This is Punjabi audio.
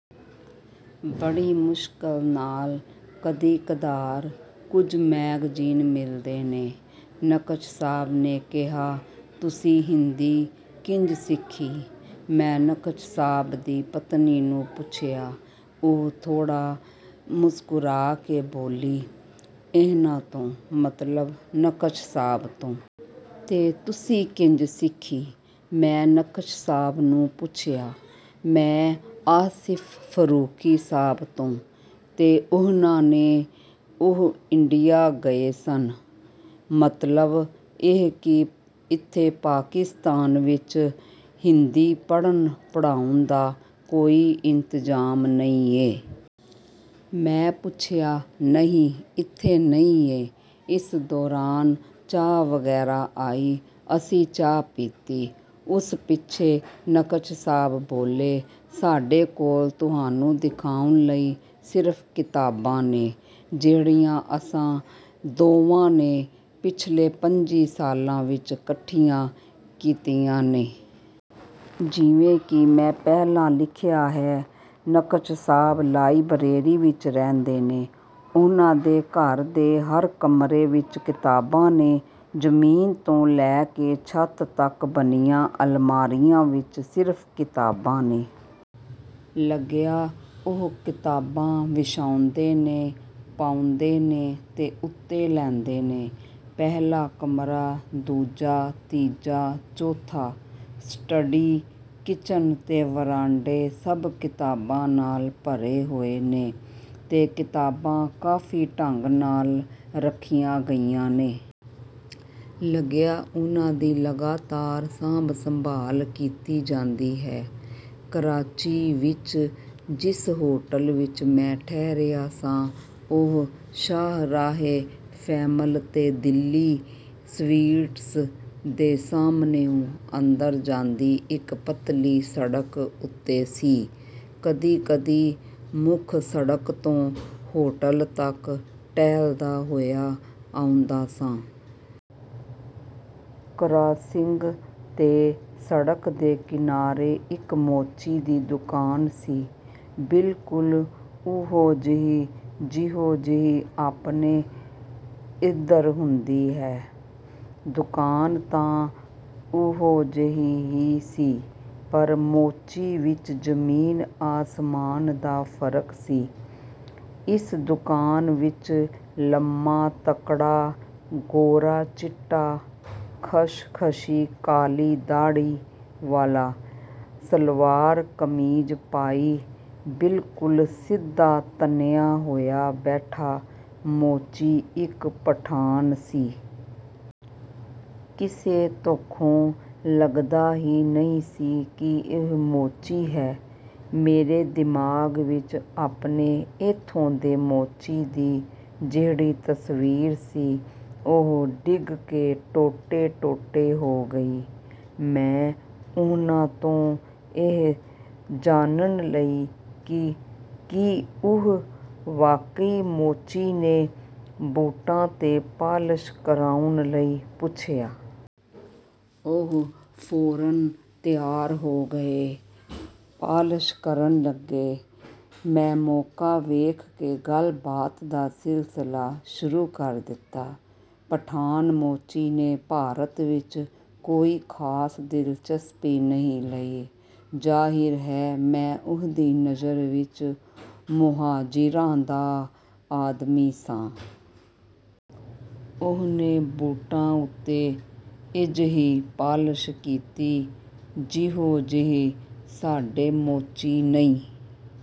ਬੜੀ ਮੁਸ਼ਕਲ ਨਾਲ ਕਦੀ-ਕਦਾਰ ਕੁਝ ਮੈਗਜ਼ੀਨ ਮਿਲਦੇ ਨੇ।” ਨਕਸ਼ ਸਾਹਬ ਨੇ ਕਿਹਾ। “ਤੁਸੀਂ ਹਿੰਦੀ ਕਿੰਜ ਸਿੱਖੀ?” ਮੈਂ ਨਕਸ਼ ਸਾਹਬ ਦੀ ਪਤਨੀ ਨੂੰ ਪੁੱਛਿਆ। ਉਹ ਥੋੜ੍ਹਾ ਮੁਸਕੁਰਾ ਕੇ ਬੋਲੀ, “ਇਹਨਾਂ ਤੋਂ।” ਮਤਲਬ ‘ਨਕਸ਼’ ਸਾਹਬ ਤੋਂ। “ਤੇ ਤੁਸੀਂ ਕਿੰਜ ਸਿੱਖੀ?” ਮੈਂ ‘ਨਕਸ਼’ ਸਾਹਬ ਨੂੰ ਪੁੱਛਿਆ। “ਮੈਂ... ਆਸਿਫ ਫ਼ਰੂਖੀ ਸਾਹਬ ਤੋਂ।” “ਤੇ ਉਹਨਾਂ ਨੇ?” “ਉਹ ਇੰਡੀਆ ਗਏ ਸਨ...” “ਮਤਲਬ ਇਹ ਕਿ ਇੱਥੇ ਪਾਕਿਸਤਾਨ ਵਿਚ ਹਿੰਦੀ ਪੜ੍ਹਨ/ਪੜ੍ਹਾਉਣ ਦਾ ਕੋਈ ਇੰਤਜ਼ਾਮ ਨਹੀਂ ਏ...” ਮੈਂ ਪੁੱਛਿਆ। “ਨਹੀਂ, ਇੱਥੇ ਨਹੀਂ ਏ।” ਇਸ ਦੌਰਾਨ ਚਾਹ ਵਗੈਰਾ ਆਈ। ਅਸੀਂ ਚਾਹ ਪੀਤੀ। ਉਸ ਪਿੱਛੋਂ ‘ਨਕਸ਼’ ਸਾਹਬ ਬੋਲੇ, “ਸਾਡੇ ਕੋਲ ਤੁਹਾਨੂੰ ਦਿਖਾਉਣ ਲਈ ਸਿਰਫ਼ ਕਿਤਾਬਾਂ ਨੇ... ਜਿਹੜੀਆਂ ਅਸਾਂ ਦੋਵਾਂ ਨੇ ਪਿਛਲੇ ਪੱਚੀ ਸਾਲਾਂ ਵਿਚ ਇਕੱਠੀਆਂ ਕੀਤੀਆਂ ਨੇ।” ਜਿਵੇਂ ਕਿ ਮੈਂ ਪਹਿਲਾਂ ਲਿਖਿਆ ਹੈ, ਨਕਸ਼ ਸਾਹਬ ਲਾਇਬਰੇਰੀ ਵਿਚ ਰਹਿੰਦੇ ਨੇ। ਉਹਨਾਂ ਦੇ ਘਰ ਦੇ ਹਰ ਕਮਰੇ ਵਿਚ ਕਿਤਾਬਾਂ ਨੇ। ਜ਼ਮੀਨ ਤੋਂ ਲੈ ਕੇ ਛੱਤ ਤਕ ਬਣੀਆਂ ਅਲਮਾਰੀਆਂ ਵਿਚ ਸਿਰਫ਼ ਕਿਤਾਬਾਂ ਨੇ। ਲੱਗਿਆ ਉਹ ਕਿਤਾਬਾਂ ਵਿਛਾਉਂਦੇ ਨੇ, ਪਾਉਂਦੇ ਨੇ ਤੇ ਉੱਤੇ ਲੈਂਦੇ ਨੇ। ਪਹਿਲਾ ਕਮਰਾ, ਦੂਜਾ, ਤੀਜਾ, ਚੌਥਾ, ਸਟਡੀ, ਕਿਚਨ ਤੇ ਵਰਾਂਡੇ, ਸਭ ਕਿਤਾਬਾਂ ਨਾਲ ਭਰੇ ਹੋਏ ਨੇ। ਤੇ ਕਿਤਾਬਾਂ ਕਾਫ਼ੀ ਢੰਗ ਨਾਲ ਰੱਖੀਆਂ ਗਈਆਂ ਨੇ। ਲੱਗਿਆ ਉਹਨਾਂ ਦੀ ਲਗਾਤਾਰ ਸਾਂਭ-ਸੰਭਾਲ ਕੀਤੀ ਜਾਂਦੀ ਹੈ। ਕਰਾਚੀ ਵਿਚ ਜਿਸ ਹੋਟਲ ਵਿਚ ਮੈਂ ਠਹਿਰਿਆ ਸਾਂ, ਉਹ ਸ਼ਾਹਰਾਹੇ ਫੈਸਲ ’ਤੇ ‘ਦਿੱਲੀ ਸਵੀਟਸ’ ਦੇ ਸਾਹਮਣਿਓਂ ਅੰਦਰ ਜਾਂਦੀ ਇਕ ਪਤਲੀ ਸੜਕ ਉੱਤੇ ਸੀ। ਕਦੀ-ਕਦੀ ਮੁੱਖ ਸੜਕ ਤੋਂ ਹੋਟਲ ਤਕ ਟਹਿਲਦਾ ਹੋਇਆ ਆਉਂਦਾ ਸਾਂ। ਕਰਾਸਿੰਗ ’ਤੇ ਸੜਕ ਦੇ ਕਿਨਾਰੇ ਇਕ ਮੋਚੀ ਦੀ ਦੁਕਾਨ ਸੀ। ਬਿਲਕੁਲ ਓਹੋ-ਜਿਹੀ ਜਿਹੋ-ਜਿਹੀ ਆਪਣੇ ਇਧਰ ਹੁੰਦੀ ਹੈ। ਦੁਕਾਨ ਤਾਂ ਓਹੋ-ਜਿਹੀ ਹੀ ਸੀ, ਪਰ ਮੋਚੀ ਵਿਚ ਜ਼ਮੀਨ-ਆਸਮਾਨ ਦਾ ਫ਼ਰਕ ਸੀ। ਇਸ ਦੁਕਾਨ ਵਿਚ ਲੰਮਾ-ਤਕੜਾ, ਗੋਰਾ-ਚਿੱਟਾ, ਖਸ਼ਖਸ਼ੀ ਕਾਲੀ ਦਾੜ੍ਹੀ ਵਾਲਾ, ਸਲਵਾਰ ਕਮੀਜ਼ ਪਾਈ, ਬਿਲਕੁਲ ਸਿੱਧਾ ਤਣਿਆ ਹੋਇਆ ਬੈਠਾ ਮੋਚੀ ਇਕ ਪਠਾਨ ਸੀ। ਕਿਸੇ ਪੱਖੋਂ ਲੱਗਦਾ ਹੀ ਨਹੀਂ ਸੀ ਕਿ ਉਹ ਮੋਚੀ ਹੈ। ਮੇਰੇ ਦਿਮਾਗ਼ ਵਿਚ ਆਪਣੇ ਏਥੋਂ ਦੇ ਮੋਚੀ ਦੀ ਜਿਹੜੀ ਤਸਵੀਰ ਸੀ, ਉਹ ਡਿੱਗ ਕੇ ਟੋਟੇ-ਟੋਟੇ ਹੋ ਗਈ। ਮੈਂ ਉਹਨਾਂ ਤੋਂ ਇਹ ਜਾਣਨ ਲਈ ਕਿ ਕੀ ਉਹ ਵਾਕਈ ਮੋਚੀ ਨੇ, ਬੂਟਾਂ ’ਤੇ ਪਾਲਸ਼ ਕਰਵਾਉਣ ਲਈ ਪੁੱਛਿਆ। ਉਹ ਫ਼ੌਰਨ ਤਿਆਰ ਹੋ ਗਏ। ਪਾਲਸ਼ ਕਰਨ ਲੱਗੇ। ਮੈਂ ਮੌਕਾ ਵੇਖ ਕੇ ਗੱਲਬਾਤ ਦਾ ਸਿਲਸਿਲਾ ਸ਼ੁਰੂ ਕਰ ਦਿੱਤਾ। ਪਠਾਨ ਮੋਚੀ ਨੇ ਭਾਰਤ ਵਿਚ ਕੋਈ ਖਾਸ ਦਿਲਚਸਪੀ ਨਹੀਂ ਲਈ। ਜ਼ਾਹਿਰ ਹੈ, ਮੈਂ ਉਹਦੀ ਨਜ਼ਰ ਵਿਚ ਮੋਹਾਜਿਰਾਂ ਦਾ ਆਦਮੀ ਸਾਂ। ਉਹਨੇ ਬੂਟਾਂ ਉੱਤੇ ਅਜਿਹੀ ਪਾਲਸ਼ ਕੀਤੀ, ਜਿਹੋ-ਜਿਹੀ ਸਾਡੇ ਮੋਚੀ ਨਹੀਂ..